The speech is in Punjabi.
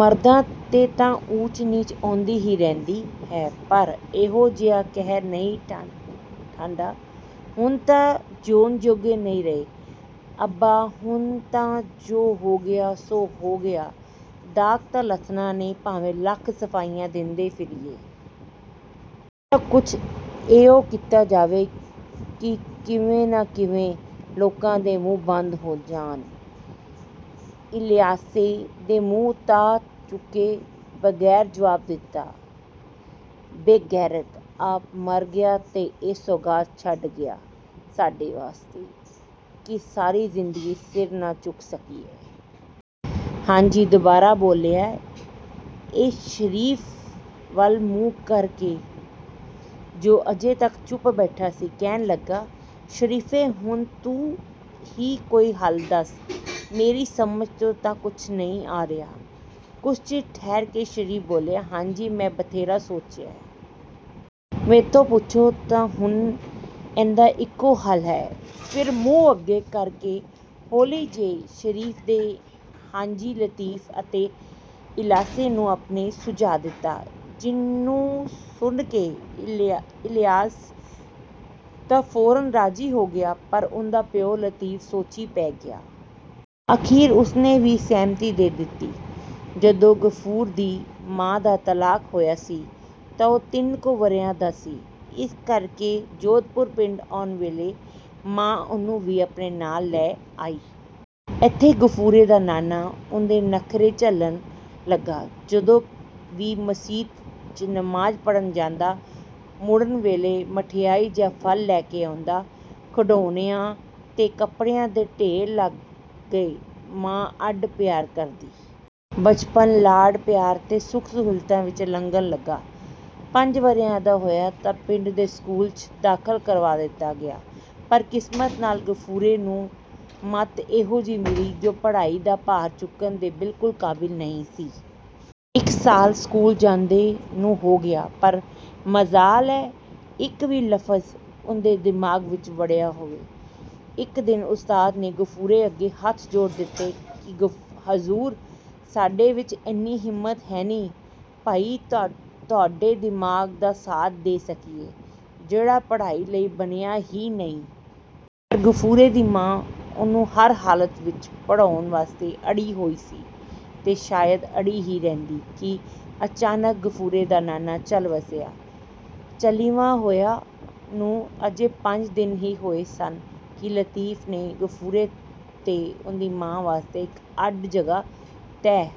ਮਰਦਾਂ 'ਤੇ ਤਾਂ ਊਚ-ਨੀਚ ਆਉਂਦੀ ਹੀ ਰਹਿੰਦੀ ਐ, ਪਰ ਐਹੋ ਜਿਹਾ ਕਹਿਰ ਨਹੀਂ ਢੱਠਾ। ਹੁਣ ਤਾਂ ਜਿਉਣ-ਜੋਗੇ ਨਹੀਂ ਰਹੇ। "ਅੱਬਾ, ਹੁਣ ਤਾਂ ਜੋ ਹੋ ਗਿਆ, ਸੋ ਹੋ ਗਿਆ। ਦਾਗ ਤਾਂ ਲੱਥਣਾ ਨਹੀਂ, ਭਾਵੇਂ ਲੱਖ ਸਫ਼ਾਈਆਂ ਦਿੰਦੇ ਫਿਰੀਏ। ਹੁਣ ਤਾਂ ਕੁਝ ਇਉਂ ਕੀਤਾ ਜਾਵੇ ਕਿ ਕਿਵੇਂ ਨਾ ਕਿਵੇਂ ਲੋਕਾਂ ਦੇ ਮੂੰਹ ਬੰਦ ਹੋ ਜਾਣ।" ਇਲਿਆਸੇ ਨੇ ਮੂੰਹ ਉਤਾਂਹ ਚੁੱਕੇ ਬਗੈਰ ਜਵਾਬ ਦਿੱਤਾ। "ਬੇਗੈਰਤ, ਆਪ ਮਰ ਗਿਆ ਤੇ ਇਹ ਸੌਗਾਤ ਛੱਡ ਗਿਆ ਸਾਡੇ ਵਾਸਤੇ, ਕਿ ਸਾਰੀ ਜ਼ਿੰਦਗੀ ਸਿਰ ਨਾ ਚੁੱਕ ਸਕੀਏ।" ਹਾਜੀ ਦੁਬਾਰਾ ਬੋਲਿਆ। ਫਿਰ ਸ਼ਰੀਫ ਵੱਲ ਮੂੰਹ ਕਰ ਕੇ, ਜੋ ਅਜੇ ਤੱਕ ਚੁੱਪ ਬੈਠਾ ਸੀ, ਕਹਿਣ ਲੱਗਾ, "ਸ਼ਰੀਫੇ, ਹੁਣ ਤੂੰ ਹੀ ਕੋਈ ਹੱਲ ਦੱਸ। ਮੇਰੀ ਸਮਝ 'ਚ ਤਾਂ ਕੁਝ ਨਹੀਂ ਆ ਰਿਹਾ।" ਕੁਝ ਚਿਰ ਠਹਿਰ ਕੇ ਸ਼ਰੀਫ ਬੋਲਿਆ, "ਹਾਜੀ, ਮੈਂ ਬਥੇਰਾ ਸੋਚਿਆ। ਮੈਥੋਂ ਪੁੱਛੋ ਤਾਂ ਹੁਣ ਇਹਦਾ ਇੱਕੋ ਹੱਲ ਹੈ।" ਫਿਰ ਮੂੰਹ ਅੱਗੇ ਕਰ ਕੇ ਹੌਲੀ ਜਿਹੇ ਸ਼ਰੀਫ ਨੇ ਹਾਜੀ, ਲਤੀਫ ਅਤੇ ਇਲਿਆਸੇ ਨੂੰ ਆਪਣਾ ਸੁਝਾਅ ਦਿੱਤਾ, ਜਿਹਨੂੰ ਸੁਣ ਕੇ ਇਲਿਆਸ ਤਾਂ ਫੌਰਨ ਰਾਜ਼ੀ ਹੋ ਗਿਆ, ਪਰ ਉਹਦਾ ਪਿਓ ਲਤੀਫ ਸੋਚੀਂ ਪੈ ਗਿਆ। ਅਖੀਰ ਉਸ ਨੇ ਵੀ ਸਹਿਮਤੀ ਦੇ ਦਿੱਤੀ। ਜਦੋਂ ਗਫੂਰ ਦੀ ਮਾਂ ਦਾ ਤਲਾਕ ਹੋਇਆ ਸੀ ਤਾਂ ਉਹ ਤਿੰਨ ਕੁ ਵਰ੍ਹਿਆਂ ਦਾ ਸੀ। ਇਸ ਕਰ ਕੇ ਜੋਧਪੁਰ ਪਿੰਡ ਆਉਣ ਵੇਲੇ ਮਾਂ ਉਹਨੂੰ ਵੀ ਆਪਣੇ ਨਾਲ ਲੈ ਆਈ। ਏਥੇ ਗਫੂਰੇ ਦਾ ਨਾਨਾ ਉਹਦੇ ਨਖਰੇ ਝੱਲਣ ਲੱਗਾ। ਜਦੋਂ ਵੀ ਮਸੀਤ 'ਚ ਨਮਾਜ਼ ਪੜ੍ਹਨ ਜਾਂਦਾ, ਮੁੜਨ ਵੇਲੇ ਮਠਿਆਈ ਜਾਂ ਫਲ ਲੈ ਕੇ ਆਉਂਦਾ। ਖਿਡਾਉਣਿਆਂ ਤੇ ਕੱਪੜਿਆਂ ਦੇ ਢੇਰ ਲੱਗ ਗਏ। ਮਾਂ ਅੱਡ ਪਿਆਰ ਕਰਦੀ। ਬਚਪਨ ਲਾਡ-ਪਿਆਰ ਤੇ ਸੁਖ-ਸਹੂਲਤਾਂ ਵਿਚ ਲੰਘਣ ਲੱਗਾ। ਪੰਜ ਵਰ੍ਹਿਆਂ ਦਾ ਹੋਇਆ ਤਾਂ ਪਿੰਡ ਦੇ ਸਕੂਲ 'ਚ ਦਾਖਲ ਕਰਵਾ ਦਿੱਤਾ ਗਿਆ, ਪਰ ਕਿਸਮਤ ਨਾਲ ਗਫੂਰੇ ਨੂੰ ਮੱਤ ਇਹੋ ਜਿਹੀ ਮਿਲੀ, ਜੋ ਪੜ੍ਹਾਈ ਦਾ ਭਾਰ ਚੁੱਕਣ ਦੇ ਬਿਲਕੁਲ ਕਾਬਿਲ ਨਹੀਂ ਸੀ। ਇੱਕ ਸਾਲ ਸਕੂਲ ਜਾਂਦੇ ਨੂੰ ਹੋ ਗਿਆ, ਪਰ ਮਜਾਲ ਐ, ਇੱਕ ਵੀ ਲਫ਼ਜ਼ ਉਹਦੇ ਦਿਮਾਗ ਵਿਚ ਵੜਿਆ ਹੋਵੇ। ਇੱਕ ਦਿਨ ਉਸਤਾਦ ਨੇ ਗਫੂਰੇ ਅੱਗੇ ਹੱਥ ਜੋੜ ਦਿੱਤੇ ਕਿ, "ਹਜ਼ੂਰ, ਸਾਡੇ ਵਿਚ ਐਨੀ ਹਿੰਮਤ ਹੈਨੀ, ਬਈ ਤੁਹਾਡੇ ਦਿਮਾਗ ਦਾ ਸਾਥ ਦੇ ਸਕੀਏ, ਜਿਹੜਾ ਪੜ੍ਹਾਈ ਲਈ ਬਣਿਆ ਹੀ ਨਹੀਂ।" ਪਰ ਗਫੂਰੇ ਦੀ ਮਾਂ ਉਹਨੂੰ ਹਰ ਹਾਲਤ ਵਿਚ ਪੜ੍ਹਾਉਣ ਵਾਸਤੇ ਅੜੀ ਹੋਈ ਸੀ ਤੇ ਸ਼ਾਇਦ ਅੜੀ ਹੀ ਰਹਿੰਦੀ ਕਿ ਅਚਾਨਕ ਗਫੂਰੇ ਦਾ ਨਾਨਾ ਚੱਲ ਵਸਿਆ। ਚਾਲ੍ਹੀਵਾਂ ਹੋਏ ਨੂੰ ਅਜੇ ਪੰਜ ਦਿਨ ਹੀ ਹੋਏ ਸਨ ਕਿ ਲਤੀਫ ਨੇ ਗਫੂਰੇ ਤੇ ਉਹਦੀ ਮਾਂ ਵਾਸਤੇ ਇੱਕ ਅੱਡ ਜਗ੍ਹਾ ਤੈਅ...